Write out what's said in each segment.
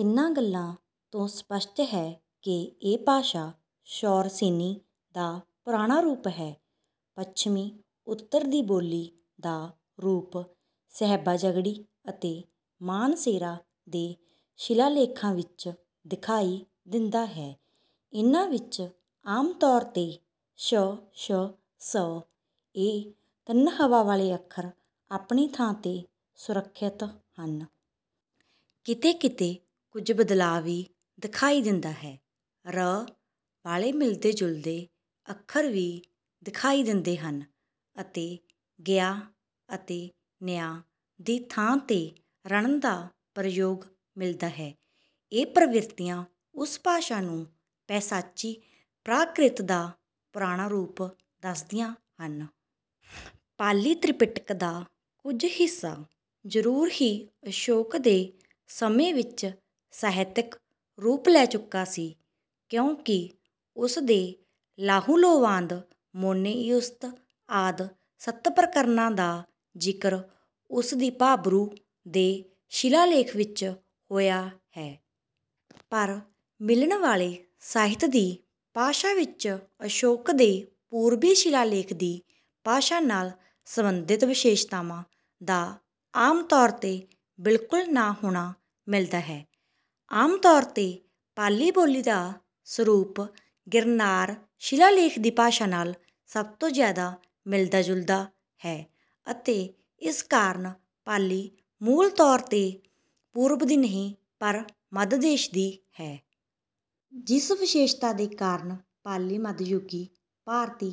ਇਨ੍ਹਾਂ ਗੱਲਾਂ ਤੋਂ ਸਪੱਸ਼ਟ ਹੈ ਕਿ ਇਹ ਭਾਸ਼ਾ ਸ਼ੌਰਸੇਨੀ ਦਾ ਪੁਰਾਣਾ ਰੂਪ ਹੈ। ਪੱਛਮੀ ਉੱਤਰ ਦੀ ਬੋਲੀ ਦਾ ਰੂਪ ਸ਼ਹਬਾਜਗੜੀ ਅਤੇ ਮਾਨਸੇਰਾ ਦੇ ਸ਼ਿਲਾਲੇਖਾਂ ਵਿੱਚ ਦਿਖਾਈ ਦਿੰਦਾ ਹੈ। ਇਨ੍ਹਾਂ ਵਿੱਚ ਆਮ ਤੌਰ ਤੇ ਸ਼ ਸ਼ ਸ ਇਹ ਤਿੰਨਾਂ ਹਵਾ ਵਾਲੇ ਅੱਖਰ ਆਪਣੀ ਥਾਂ ਤੇ ਸੁਰੱਖਿਅਤ ਹਨ। ਕਿਤੇ ਕਿਤੇ ਕੁੱਝ ਬਦਲਾਅ ਵੀ ਦਿਖਾਈ ਦਿੰਦਾ ਹੈ। ਰ ਵਾਲੇ ਮਿਲਦੇ ਜੁਲਦੇ ਅੱਖਰ ਵੀ ਦਿਖਾਈ ਦਿੰਦੇ ਹਨ ਅਤੇ ਗਿਆ ਅਤੇ ਨਿਆ ਦੀ ਥਾਂ ਤੇ ਰਣ ਦਾ ਪ੍ਰਯੋਗ ਮਿਲਦਾ ਹੈ। ਇਹ ਪ੍ਰਵਿਰਤੀਆਂ ਉਸ ਭਾਸ਼ਾ ਨੂੰ ਪੈਸ਼ਾਚੀ ਪ੍ਰਾਕ੍ਰਿਤ ਦਾ ਪੁਰਾਣਾ ਰੂਪ ਦੱਸਦੀਆਂ ਹਨ। ਪਾਲੀ ਤ੍ਰਿਪਿਟਕ ਦਾ ਕੁੱਝ ਹਿੱਸਾ ਜਰੂਰ ਹੀ ਅਸ਼ੋਕ ਦੇ ਸਮੇਂ ਵਿੱਚ ਸਾਹਿਤਕ ਰੂਪ ਲੈ ਚੁੱਕਾ ਸੀ ਕਿਉਂਕਿ ਉਸ ਦੇ ਲਾਹੁਲੋਵਾਦ ਮੋਨੇਇਯਸੁੱਤ ਆਦਿ ਸੱਤ ਪ੍ਰਕਰਣਾਂ ਦਾ ਜ਼ਿਕਰ ਉਸਦੀ ਭਾਬਰੂ ਦੇ ਸ਼ਿਲਾਲੇਖ ਵਿੱਚ ਹੋਇਆ ਹੈ। ਪਰ ਮਿਲਣ ਵਾਲੇ ਸਾਹਿਤ ਦੀ ਭਾਸ਼ਾ ਵਿੱਚ ਅਸ਼ੋਕ ਦੇ ਪੂਰਬੀ ਸ਼ਿਲਾਲੇਖ ਦੀ ਭਾਸ਼ਾ ਨਾਲ ਸਬੰਧਿਤ ਵਿਸ਼ੇਸ਼ਤਾਵਾਂ ਦਾ ਆਮ ਤੌਰ ਤੇ ਬਿਲਕੁਲ ਨਾ ਹੋਣਾ ਮਿਲਦਾ ਹੈ। ਆਮ ਤੌਰ ਤੇ ਪਾਲੀ ਬੋਲੀ ਦਾ ਸਰੂਪ ਗਿਰਨਾਰ ਸ਼ਿਲਾਲੇਖ ਦੀ ਭਾਸ਼ਾ ਨਾਲ ਸਭ ਤੋਂ ਜਿਆਦਾ ਮਿਲਦਾ ਜੁਲਦਾ ਹੈ ਅਤੇ ਇਸ ਕਾਰਨ ਪਾਲੀ ਮੂਲ ਤੌਰ ਤੇ ਪੂਰਬ ਦੀ ਨਹੀਂ ਪਰ ਮੱਧ ਦੇਸ਼ ਦੀ ਹੈ। ਜਿਸ ਵਿਸ਼ੇਸ਼ਤਾ ਦੇ ਕਾਰਨ ਪਾਲੀ ਮਧਯੁਗੀ ਭਾਰਤੀ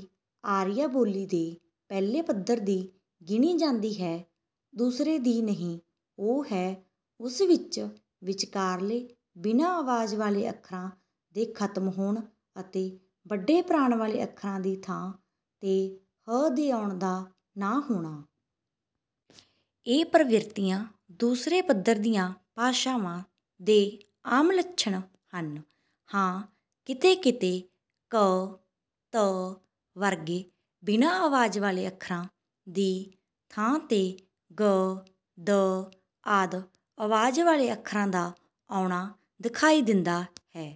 ਆਰੀਆ ਬੋਲੀ ਦੇ ਪਹਿਲੇ ਪੱਧਰ ਦੀ ਗਿਣੀ ਜਾਂਦੀ ਹੈ ਦੂਸਰੇ ਦੀ ਨਹੀਂ ਉਹ ਹੈ ਉਸ ਵਿੱਚ ਵਿਚਕਾਰਲੇ ਬਿਨਾਂ ਆਵਾਜ਼ ਵਾਲੇ ਅੱਖਰਾਂ ਦੇ ਖਤਮ ਹੋਣ ਅਤੇ ਵੱਡੇ ਪ੍ਰਾਣ ਵਾਲੇ ਅੱਖਰਾਂ ਦੀ ਥਾਂ ਤੇ ਹ ਦੇ ਆਉਣ ਦਾ ਨਾ ਹੋਣਾ। ਇਹ ਪ੍ਰਵਿਰਤੀਆਂ ਦੂਸਰੇ ਪੱਧਰ ਦੀਆਂ ਭਾਸ਼ਾਵਾਂ ਦੇ ਆਮ ਲੱਛਣ ਹਨ। ਹਾਂ ਕਿਤੇ ਕਿਤੇ ਕ ਤ ਵਰਗੇ ਬਿਨਾਂ ਆਵਾਜ਼ ਵਾਲੇ ਅੱਖਰਾਂ ਦੀ ਥਾਂ ਤੇ ਗ ਦ ਆਦਿ ਆਵਾਜ਼ ਵਾਲੇ ਅੱਖਰਾਂ ਦਾ ਆਉਣਾ ਦਿਖਾਈ ਦਿੰਦਾ ਹੈ।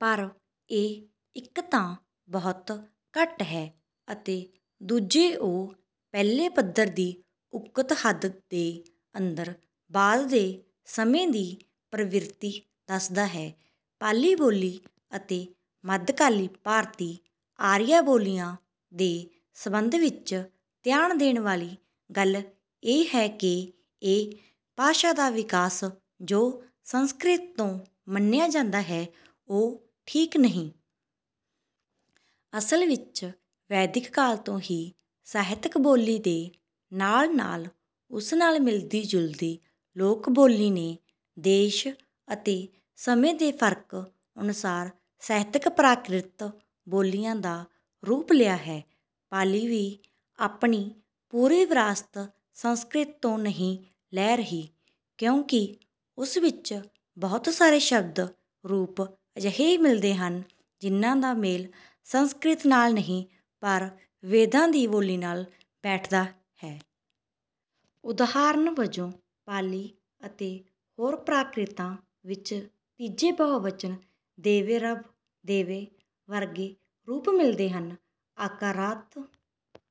ਪਰ ਇਹ ਇੱਕ ਤਾਂ ਬਹੁਤ ਘੱਟ ਹੈ ਅਤੇ ਦੂਜੇ ਉਹ ਪਹਿਲੇ ਪੱਧਰ ਦੀ ਉਕਤ ਹੱਦ ਦੇ ਅੰਦਰ ਬਾਅਦ ਦੇ ਸਮੇਂ ਦੀ ਪ੍ਰਵਿਰਤੀ ਦੱਸਦਾ ਹੈ। ਪਾਲੀ ਬੋਲੀ ਅਤੇ ਮੱਧਕਾਲੀ ਭਾਰਤੀ ਆਰੀਆ ਬੋਲੀਆਂ ਦੇ ਸੰਬੰਧ ਵਿੱਚ ਧਿਆਨ ਦੇਣ ਵਾਲੀ ਗੱਲ ਇਹ ਹੈ ਕਿ ਇਹ ਭਾਸ਼ਾ ਦਾ ਵਿਕਾਸ ਜੋ ਸੰਸਕ੍ਰਿਤ ਤੋਂ ਮੰਨਿਆ ਜਾਂਦਾ ਹੈ ਉਹ ਠੀਕ ਨਹੀਂ। ਅਸਲ ਵਿੱਚ ਵੈਦਿਕ ਕਾਲ ਤੋਂ ਹੀ ਸਾਹਿਤਕ ਬੋਲੀ ਦੇ ਨਾਲ ਨਾਲ ਉਸ ਨਾਲ ਮਿਲਦੀ ਜੁਲਦੀ ਲੋਕ ਬੋਲੀ ਨੇ ਦੇਸ਼ ਅਤੇ ਸਮੇਂ ਦੇ ਫਰਕ ਅਨੁਸਾਰ ਸਾਹਿਤਕ ਪ੍ਰਾਕ੍ਰਿਤ ਬੋਲੀਆਂ ਦਾ ਰੂਪ ਲਿਆ ਹੈ। ਪਾਲੀ ਵੀ ਆਪਣੀ ਪੂਰੀ ਵਿਰਾਸਤ ਸੰਸਕ੍ਰਿਤ ਤੋਂ ਨਹੀਂ ਲੈ ਰਹੀ ਕਿਉਂਕਿ ਉਸ ਵਿੱਚ ਬਹੁਤ ਸਾਰੇ ਸ਼ਬਦ ਰੂਪ ਅਜਿਹੇ ਮਿਲਦੇ ਹਨ ਜਿਨ੍ਹਾਂ ਦਾ ਮੇਲ ਸੰਸਕ੍ਰਿਤ ਨਾਲ ਨਹੀਂ ਪਰ ਵੇਦਾਂ ਦੀ ਬੋਲੀ ਨਾਲ ਬੈਠਦਾ ਹੈ। ਉਦਾਹਰਨ ਵਜੋਂ ਪਾਲੀ ਅਤੇ ਹੋਰ ਪ੍ਰਾਕ੍ਰਿਤਾਂ ਵਿੱਚ ਤੀਜੇ ਬਹੁਵਚਨ ਦੇਵੇਰਭਿ ਦੇਵੇਹਿ ਵਰਗੇ ਰੂਪ ਮਿਲਦੇ ਹਨ। ਆਕਾਰਾਂਤ